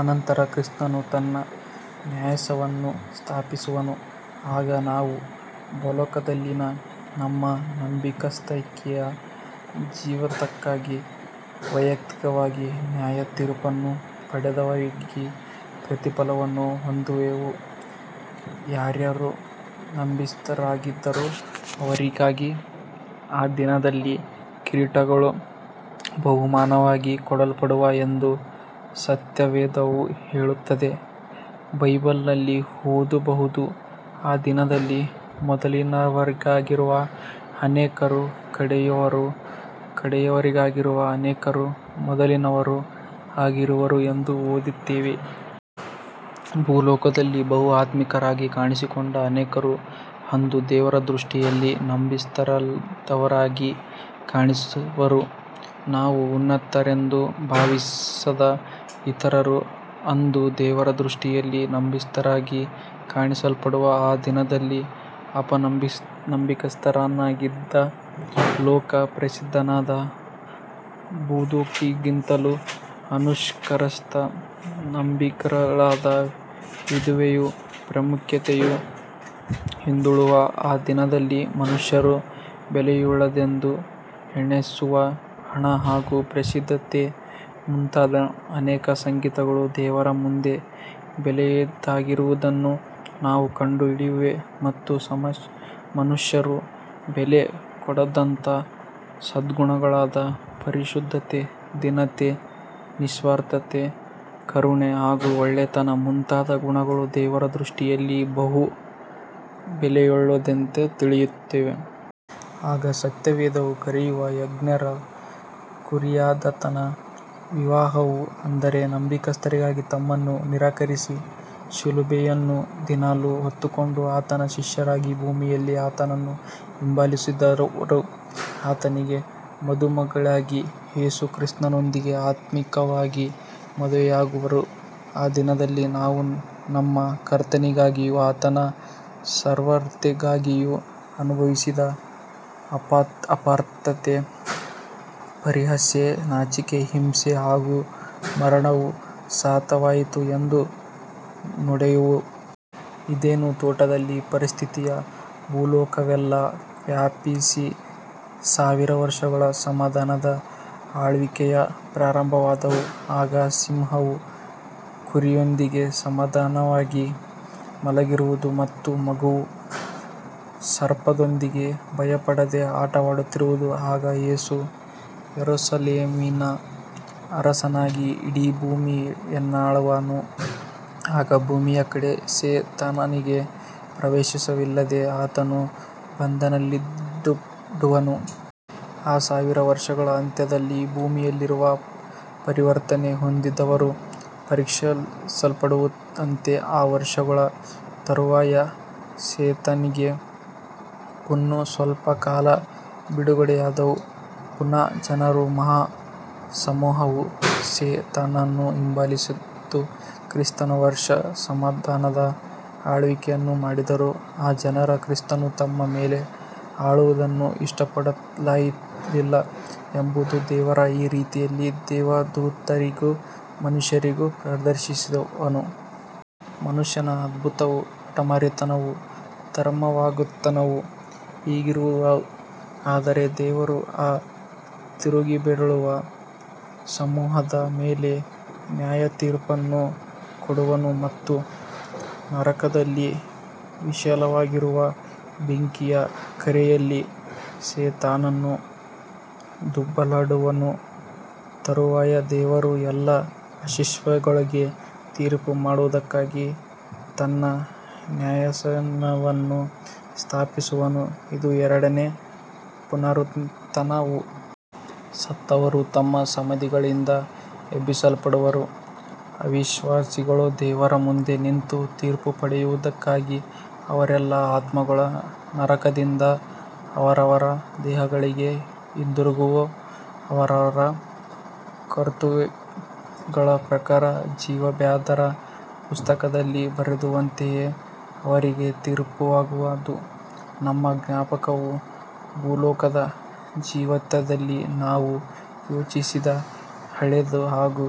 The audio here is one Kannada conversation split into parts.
ಅನಂತರ ಕ್ರಿಸ್ತನು ತನ್ನ ನ್ಯಾಯಾಸನವನ್ನು ಸ್ಥಾಪಿಸುವನು. ಆಗ ನಾವು ಭೂಲೋಕದಲ್ಲಿನ ನಮ್ಮ ನಂಬಿಗಸ್ತಿಕೆಯ ಜೀವಿತಕ್ಕಾಗಿ ವಯಕ್ತಿಕವಾಗಿ ನ್ಯಾಯತೀರ್ಪನ್ನು ಪಡೆದವರಾಗಿ ಪ್ರತಿಫಲವನ್ನು ಹೊಂದುವೆವು. ಯಾರ್ಯಾರು ನಂಬಿಗಸ್ತರಾಗಿದ್ದಾರೋ ಅವರಿಗಾಗಿ ಆ ದಿನದಲ್ಲಿ ಕಿರೀಟಗಳು ಬಹುಮಾನವಾಗಿ ಕೊಡಲ್ಪಡುವವು ಎಂದು ಸತ್ಯವೇದವು ಹೇಳುತ್ತದೆ. ಬೈಬಲ್ ನಲ್ಲಿ ಓದಬಹುದು. "ಆ ದಿನದಲ್ಲಿ ಮೊದಲಿನವರಾಗಿರುವ ಅನೇಕರು ಕಡೆಯವರೂ, ಕಡೆಯವರಾಗಿರುವ ಅನೇಕರು ಮೊದಲಿನವರೂ ಆಗಿರುವರು ಎಂದು ಓದುತ್ತೇವೆ.. ಭೂಲೋಕದಲ್ಲಿ ಬಹು ಆತ್ಮಿಕರಾಗಿ ಕಾಣಿಸಿಕೊಂಡ ಅನೇಕರು ಅಂದು ದೇವರ ದೃಷ್ಟಿಯಲ್ಲಿ ನಂಬಿಗಸ್ತರಲ್ಲದವರಾಗಿ ಕಾಣಿಸುವರು. ನಾವು ಉನ್ನತರೆಂದು ಭಾವಿಸದ ಇತರರು ಅಂದು ದೇವರ ದೃಷ್ಟಿಯಲ್ಲಿ ನಂಬಿಗಸ್ತರಾಗಿ ಕಾಣಿಸಲ್ಪಡುವರು. ಆ ದಿನದಲ್ಲಿ ಅಪನಂಬಿಗಸ್ತನಾಗಿದ್ದ, ಲೋಕ ಪ್ರಸಿದ್ಧನಾದ ಬೋಧಕನಿಗಿಂತಲೂ, ಅನಕ್ಷರಸ್ಥ- ನಂಬಿಗಸ್ತಳಾದ ವಿಧವೆಯು ಪ್ರಾಮುಖ್ಯತೆಯನ್ನು ಹೊಂದುವಳು! ಆ ದಿನದಲ್ಲಿ ಮನುಷ್ಯರು ಬೆಲೆಯುಳ್ಳದ್ದೆಂದು ಎಣಿಸುವ ಹಣ ಹಾಗೂ ಪ್ರಸಿದ್ಧತೆ ಮುಂತಾದ ಅನೇಕ ಸಂಗತಿಗಳು ದೇವರ ಮುಂದೆ ಬೆಲೆಯಿಲ್ಲದ್ದಾಗಿರುವುದನ್ನು ನಾವು ಕಂಡು ಹಿಡಿಯುವೆವು; ಮತ್ತು ಮನುಷ್ಯರು ಬೆಲೆ ಕೊಡದಂಥ ಸದ್ಗುಣಗಳಾದ -ಪರಿಶುದ್ಧತೆ, ದೀನತೆ, ನಿಸ್ವಾರ್ಥತೆ, ಕರುಣೆ ಹಾಗು ಒಳ್ಳೆಯತನ ಮುಂತಾದ ಗುಣಗಳು ದೇವರ ದೃಷ್ಟಿಯಲ್ಲಿ ಬಹು ಬೆಲೆಯುಳ್ಳದ್ದೆಂದು ತಿಳಿಯುವೆವು. ಆಗ ಸತ್ಯವೇದವು ಕರೆಯುವ 'ಯಜ್ಞದ ಕುರಿಯಾದಾತನ ವಿವಾಹವು' ಅಂದರೆ, ನಂಬಿಗಸ್ತರಾಗಿ ತಮ್ಮನ್ನು ನಿರಾಕರಿಸಿ ಶಿಲುಬೆಯನ್ನು ದಿನಾಲು ಹೊತ್ತುಕೊಂಡು ಆತನ ಶಿಷ್ಯರಾಗಿ ಭೂಮಿಯಲ್ಲಿ ಆತನನ್ನು ಹಿಂಬಾಲಿಸಿದವರು ಆತನಿಗೆ ಮದುಮಗಳಾಗಿ ಯೇಸು ಕ್ರಿಸ್ತನೊಂದಿಗೆ ಆತ್ಮಿಕವಾಗಿ ಮದುವೆಯಾಗುವರು. ಆ ದಿನದಲ್ಲಿ ನಾವು, 'ನಮ್ಮ ಕರ್ತನಿಗಾಗಿಯೂ ಆತನ ಸುವಾರ್ತೆಗಾಗಿಯೂ ಅನುಭವಿಸಿದ ಅಪಾರ್ಥತೆ, ಪರಿಹಾಸ್ಯ, ನಾಚಿಕೆ, ಹಿಂಸೆ, ಹಾಗೂ ಮರಣವು ಸಾರ್ಥಕವಾಯಿತು' ಎಂದು ನೋಡುವೆವು. ಏದೇನ್ ತೋಟದಲ್ಲಿನ ಪರಿಸ್ಥಿತಿಯು ಭೊಲೋಕವೆಲ್ಲಾ ವ್ಯಾಪಿಸಿ ಸಾವಿರ ವರ್ಷಗಳ ಸಮಾಧಾನದ ಆಳ್ವಿಕೆಯು ಪ್ರಾರಂಭವಾಗುವುದು. ಆಗ ಸಿಂಹವು ಕುರಿಯೊಂದಿಗೆ ಸಮಾಧಾನವಾಗಿ ಮಲಗಿರುವುದು ಮತ್ತು ಮಗುವು, ಸರ್ಪದೊಂದಿಗೆ ಭಯಪಡದೆ ಆಟವಾಡುತ್ತಿರುವುದು. ಆಗ ಯೇಸು ಯೆರೂಸಲೇಮಿನ ಅರಸನಾಗಿ ಇಡೀ ಭೂಮಿಯನ್ನಾಳುವನು. ಆಗ ಭೂಮಿಯ ಕಡೆಗೆ ಸೆ ತಾನನಿಗೆ ಪ್ರವೇಶವಿಲ್ಲದೆ ಆತನು ಬಂಧನದಲ್ಲಿಡಲ್ಪಡುವನು. ಆ ಸಾವಿರ ವರ್ಷಗಳ ಅಂತ್ಯದಲ್ಲಿ, ಭೂಮಿಯಲ್ಲಿರುವ ಪರಿವರ್ತನೆ ಹೊಂದದವರು ಪರೀಕ್ಷಿಸಲ್ಪಡುವಂತೆ ಆ ವರ್ಷಗಳ ತರುವಾಯ ಸೆತಾನನಿಗೆ ಪುನಃ ಸ್ವಲ್ಪ ಕಾಲ ಬಿಡುಗಡೆಯಾಗುವುದು. ಪುನಃ ಜನರ ಮಹಾ ಸಮೂಹವು ಸೆ ತಾನನನ್ನು ಹಿಂಬಾಲಿಸುವದು. ಕ್ರಿಸ್ತನು ವರ್ಷ ಸಮಾಧಾನದ ಆಳ್ವಿಕೆಯನ್ನು ಮಾಡಿದ್ದರೂ, ಆ ಜನರು ಕ್ರಿಸ್ತನು ತಮ್ಮ ಮೇಲೆ ಆಳುವುದನ್ನು ಇಷ್ಟಪಡುತ್ತಾಯಿಲ್ಲ ಎಂಬುದನ್ನು ದೇವರು ಈ ರೀತಿಯಾಗಿ ದೇವದೂತರಿಗೂ ಮನುಷ್ಯರಿಗೂ ಪ್ರದರ್ಶಿಸುವನು. ಮನುಷ್ಯನ ಅಂಧತ್ವವೂ, ಹಟಮಾರಿತನವೂ ದುರ್ಮಾರ್ಗತನವೂ ಹೀಗಿರುವುವು. ಆದರೆ ದೇವರು ಆ ತಿರುಗಿಬೀಳುವ ಸಮೂಹದ ಮೇಲೆ ನ್ಯಾಯತೀರ್ಪನ್ನು ಕೊಡುವನು. ಮತ್ತು ನರಕದಲ್ಲಿ ವಿಶಾಲವಾಗಿರುವ ಬೆಂಕಿಯ ಕೆರೆಯಲ್ಲಿ ಸೆ ತಾನನು ದೊಬ್ಬಲ್ಪಡುವನು. ತರುವಾಯ ದೇವರು ಎಲ್ಲಾ ಅವಿಶ್ವಾಸಿಗಳಿಗೆ ತೀರ್ಪು ಮಾಡುವುದಕ್ಕಾಗಿ ತನ್ನ ನ್ಯಾಯಾಸನವನ್ನು ಸ್ಥಾಪಿಸುವನು. ಇದು ಎರಡನೆಯ ಪುನರುತ್ಥಾನವು. ಸತ್ತವರು ತಮ್ಮ ಸಮಾಧಿಗಳಿಂದ ಎಬ್ಬಿಸಲ್ಪಡುವರು. ಅವಿಶ್ವಾಸಿಗಳು ದೇವರ ಮುಂದೆ ನಿಂತು ತೀರ್ಪು ಪಡೆಯುವುದಕ್ಕಾಗಿ, ಅವರೆಲ್ಲರ ಆತ್ಮಗಳು ನರಕದಿಂದ ಅವರವರ ದೇಹಗಳಿಗೆ ಹಿಂದಿರುಗುವುವು. ಅವರವರ ಕೃತ್ಯಗಳ ಪ್ರಕಾರ ಜೀವಬಾಧ್ಯರ ಪುಸ್ತಕದಲ್ಲಿ ಬರೆದಿರುವಂತೆಯೇ ಅವರಿಗೆ ತೀರ್ಪಾಗುವುದು. 'ನಮ್ಮ ಜ್ಞಾಪಕವು'- ಭೂಲೋಕದ ಜೀವಿತದಲ್ಲಿ ನಾವು ಯೋಚಿಸಿದ, ಹೇಳಿದ ಹಾಗು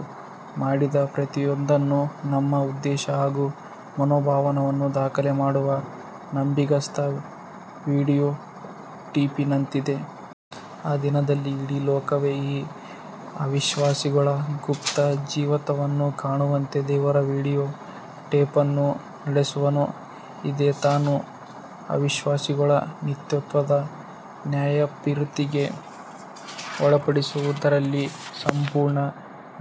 ಮಾಡಿದ ಪ್ರತಿಯೊಂದನ್ನೂ, ನಮ್ಮ ಉದ್ದೇಶ ಹಾಗು ಮನೋಭಾವವನ್ನೂ ದಾಖಲೆ ಮಾಡುವ ನಂಬಿಗಸ್ತ ವಿಡಿಯೋ ಟೇಪಿನಂತಿದೆ. ಆ ದಿನದಲ್ಲಿ ಇಡೀ ಲೋಕವೇ ಈ ಅವಿಶ್ವಾಸಿಗಳ ಗುಪ್ತ ಜೀವಿತವನ್ನು ಕಾಣುವಂತೆ ದೇವರು ವಿಡಿಯೋ ಟೇಪನ್ನು ನಡೆಸುವನು. ಇದೇ ತಾನು ಅವಿಶ್ವಾಸಿಗಳನ್ನು ನಿತ್ಯತ್ವದ ನ್ಯಾಯತೀರ್ಪಿಗೆ ಒಳಪಡಿಸುವುದರಲ್ಲಿ ಸಂಪೂರ್ಣನೂ,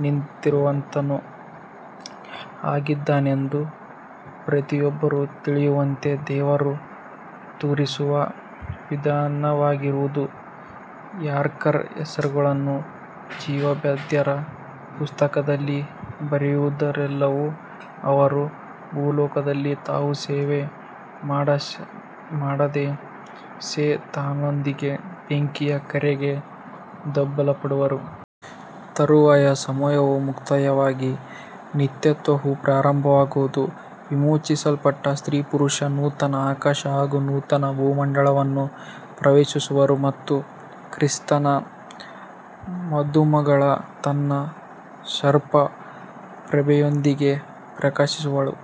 ನೀತಿವಂತನೂ ಆಗಿದ್ದಾನೆಂದು ಪ್ರತಿಯೊಬ್ಬರೂ ತಿಳಿಯುವಂತೆ ದೇವರು ತೋರಿಸುವ ವಿಧಾನವಾಗಿರುವುದು. ಯಾರ್ಯಾರ ಹೆಸರುಗಳು ಜೀವಬಾದ್ಯರ ಪುಸ್ತಕದಲ್ಲಿ ಬರೆದಿರುವುದಿಲ್ಲವೋ ಅವರು, ಭೂಲೋಕದಲ್ಲಿ ತಾವು ಸೇವೆ ಮಾಡಿದ ಸೆ ತಾನನೊಂದಿಗೆ ಬೆಂಕಿಯ ಕೆರೆಗೆ ದೊಬ್ಬಲ್ಪಡುವರು. ತರುವಾಯ ಸಮಯವು ಮುಕ್ತಾಯವಾಗಿ, ನಿತ್ಯತ್ವವು ಪ್ರಾರಂಭವಾಗುವುದು. ವಿಮೋಚಿಸಲ್ಪಟ್ಟ ಸ್ತ್ರೀ -ಪುರುಷರು ನೂತನ ಆಕಾಶ ಹಾಗು ನೂತನ ಭೂಮಂಡಲವನ್ನು ಪ್ರವೇಶಿಸುವರು ಮತ್ತು ಕ್ರಿಸ್ತನ ಮದುಮಗಳು ತನ್ನ ಸರ್ವ ಪ್ರಭೆಯೊಂದಿಗೆ ಪ್ರಕಾಶಿಸುವಳು.